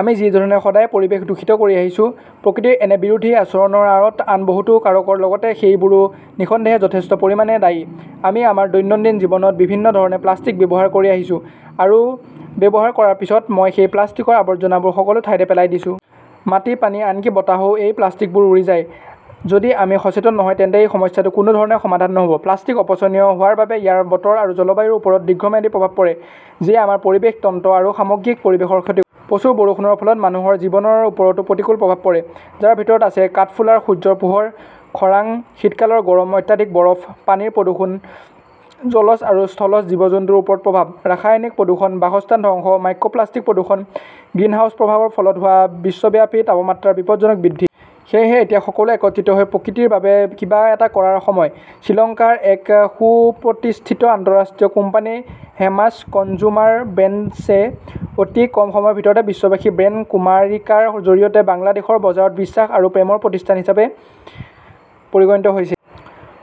আমি যি ধৰণে সদায় পৰিৱেশ দূষিত কৰি আহিছো, প্ৰকৃতিৰ এনে বিৰোধী আচৰণৰ আঁৰত আন বহুতো কাৰকৰ লগতে সেইবোৰো নিঃসন্দেহে যথেষ্ট পৰিমাণে দায়ী। আমি আমাৰ দৈনন্দিন জীৱনত বিভিন্ন ধৰণে প্লাষ্টিক ব্যৱহাৰ কৰি আহিছো আৰু ব্যৱহাৰ কৰাৰ পিছত, মই সেই প্লাষ্টিকৰ আৱৰ্জনাবোৰ সকলো ঠাইতে পেলাই দিছোঁ । মাটি, পানী, আনকি বতাহতও এই প্লাষ্টিকবোৰ উৰি আছে। যদি আমি সচেতন নহয় তেন্তে এই সমস্যাটো কোনো ধৰণে সমাধান নহব। প্লাষ্টিক অপচনীয় হোৱাৰ বাবে ইয়াৰ বতৰ আৰু জলবায়ুৰ ওপৰত দীৰ্ঘম্যাদী প্ৰভাৱ পৰে ,যিয়ে আমাৰ পৰিৱেশ তন্ত্ৰ আৰু সামগ্ৰিক পৰিৱেশৰ ক্ষতি কৰে। প্ৰচুৰ বৰষুণৰ ফলত মানুহৰ জীৱনৰ ওপৰতো প্ৰতিকূল প্ৰভাৱ পৰে, যাৰ ভিতৰত আছে কাঠফুলাৰ সূৰ্যৰ পোহৰ, খৰাং, শীতকালৰ গৰম, অত্যাধিক বৰফ, পানীৰ প্ৰদূষণ, জলজ আৰু স্থলজ জীৱ-জন্তুৰ ওপৰত প্ৰভাৱ, ৰাসায়নিক প্ৰদূষণ, বাসস্থান ধ্বংস, মাইক্ৰ প্লাষ্টিক প্ৰদূষণ, গ্ৰিনহাউজ প্ৰভাৱৰ ফলত হোৱা বিশ্বব্যাপী তাপমাত্ৰাৰ বিপদজনক বৃদ্ধি। সেয়েহে, এতিয়া সকলোৱে একত্ৰিত হৈ প্ৰকৃতিৰ বাবে কিবা এটা কৰাৰ সময়। শ্ৰীলংকাৰ এক সুপ্ৰতিষ্ঠিত আন্তঃৰাষ্ট্ৰীয় কোম্পানী হেমাছ কনজুমাৰ ব্ৰেণ্ডছে অতি কম সময়ৰ ভিতৰতে বিশ্বাসী ব্ৰেণ্ড কুমাৰিকাৰ জৰিয়তে বাংলাদেশৰ বজাৰত বিশ্বাস আৰু প্ৰেমৰ প্ৰতিষ্ঠান হিচাপে পৰিগণিত হৈছে।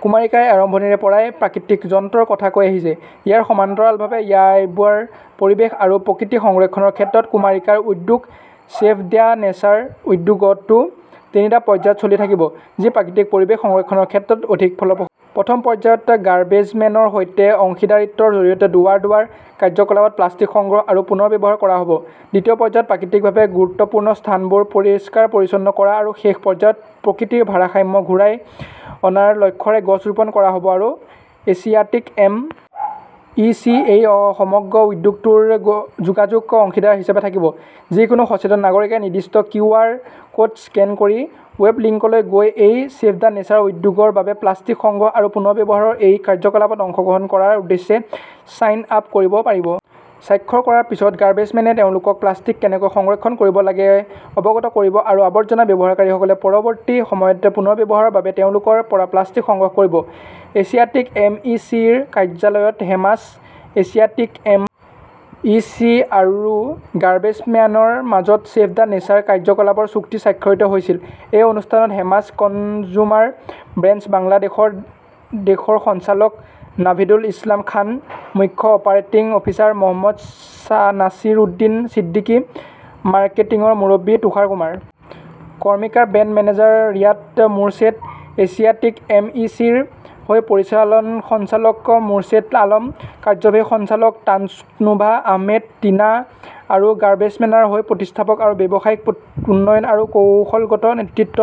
কুমাৰিকাই আৰম্ভণিৰে পৰাই প্ৰাকৃতিক যত্নৰ কথা কৈ আহিছে। ইয়াৰ সমান্তৰালভাৱে, এইবাৰ পৰিৱেশ আৰু প্ৰকৃতি সংৰক্ষণৰ ক্ষেত্ৰত কুমাৰিকাৰ উদ্যোগ "চেভ দ্য নেচাৰ", উদ্যোগটো তিনিটা পৰ্যায়ত চলি থাকিব। যি প্ৰাকৃতিক পৰিৱেশ সংৰক্ষণৰ ক্ষেত্ৰত অধিক ফলপ্ৰসূ হ'ব। প্ৰথম পৰ্যায়ত গাৰ্বেজমেনৰ সৈতে অংশীদাৰিত্বৰ জৰিয়তে দুৱাৰ-দুৱাৰ কাৰ্যকলাপত প্লাষ্টিক সংগ্ৰহ আৰু পুনৰ্ব্যৱহাৰ কৰা হ'ব। দ্বিতীয় পৰ্যায়ত প্ৰাকৃতিকভাৱে গুৰুত্বপূৰ্ণ স্থানবোৰ পৰিষ্কাৰ-পৰিচ্ছন্ন কৰা আৰু শেষ পৰ্যায়ত প্ৰকৃতিৰ ভাৰসাম্য ঘূৰাই অনাৰ লক্ষ্যৰে গছ ৰোপণ কৰা হ'ব আৰু এছিয়াটিক এম. ই. চি. এই সমগ্ৰ উদ্যোগটোৰ যোগাযোগ অংশীদাৰ হিচাপে থাকিব। যিকোনো সচেতন নাগৰিকে নিৰ্দিষ্ট কিউ. আৰ. কোড স্কেন কৰি ৱেব লিংকলৈ গৈ এই '"চেভ দ্য নেচাৰ "উদ্যোগৰ বাবে প্লাষ্টিক সংগ্ৰহ আৰু পুনৰ্ব্যৱহাৰৰ এই কাৰ্যকলাপত অংশগ্ৰহণ কৰাৰ উদ্দেশ্যে ছাইন আপ কৰিব পাৰিব। স্বাক্ষৰ কৰাৰ পিছত গাৰ্বেজমেনে তেওঁলোকক প্লাষ্টিক কেনেকৈ সংৰক্ষণ কৰিব লাগে অৱগত কৰিব আৰু আৱৰ্জনা ব্যৱহাৰকাৰীসকলে পৰৱৰ্তী সময়ত পুনৰ্ব্যৱহাৰৰ বাবে তেওঁলোকৰ পৰা প্লাষ্টিক সংগ্ৰহ কৰিব। Asiatic M. ই. চি. -ৰ কাৰ্যালয়ত হেমাছ, এছিয়াটিক এম. ই. চি. আৰু গাৰ্বেজম্যানৰ মাজত '"চেভ দ্য নেচাৰ" কাৰ্যকলাপৰ চুক্তি স্বাক্ষৰিত হৈছিল। এই অনুষ্ঠানত হেমাছ কনজুমাৰ ব্ৰেণ্ডছ বাংলাদেশৰ দেশৰ সঞ্চালক নাভিদুল ইছলাম খান, মুখ্য অপাৰেটিং অফিচাৰ মহম্মদ নাছিৰউদ্দিন ছিদ্দিকী, মাৰ্কেটিংৰ মুৰব্বী Tushar Kumar Karmakar, brand manager Riyad Morshed, Asiatic এমইচিৰ হৈ পৰিচালন সঞ্চালক মোৰশ্বেদ আলম, কাৰ্যবাহী সঞ্চালক তাসনুভা আহমেদ টিনা আৰু গাৰ্বেজম্যানৰ হৈ প্ৰতিষ্ঠাপক আৰু ব্যৱসায়িক উন্নয়ন আৰু কৌশলগত নেতৃত্ব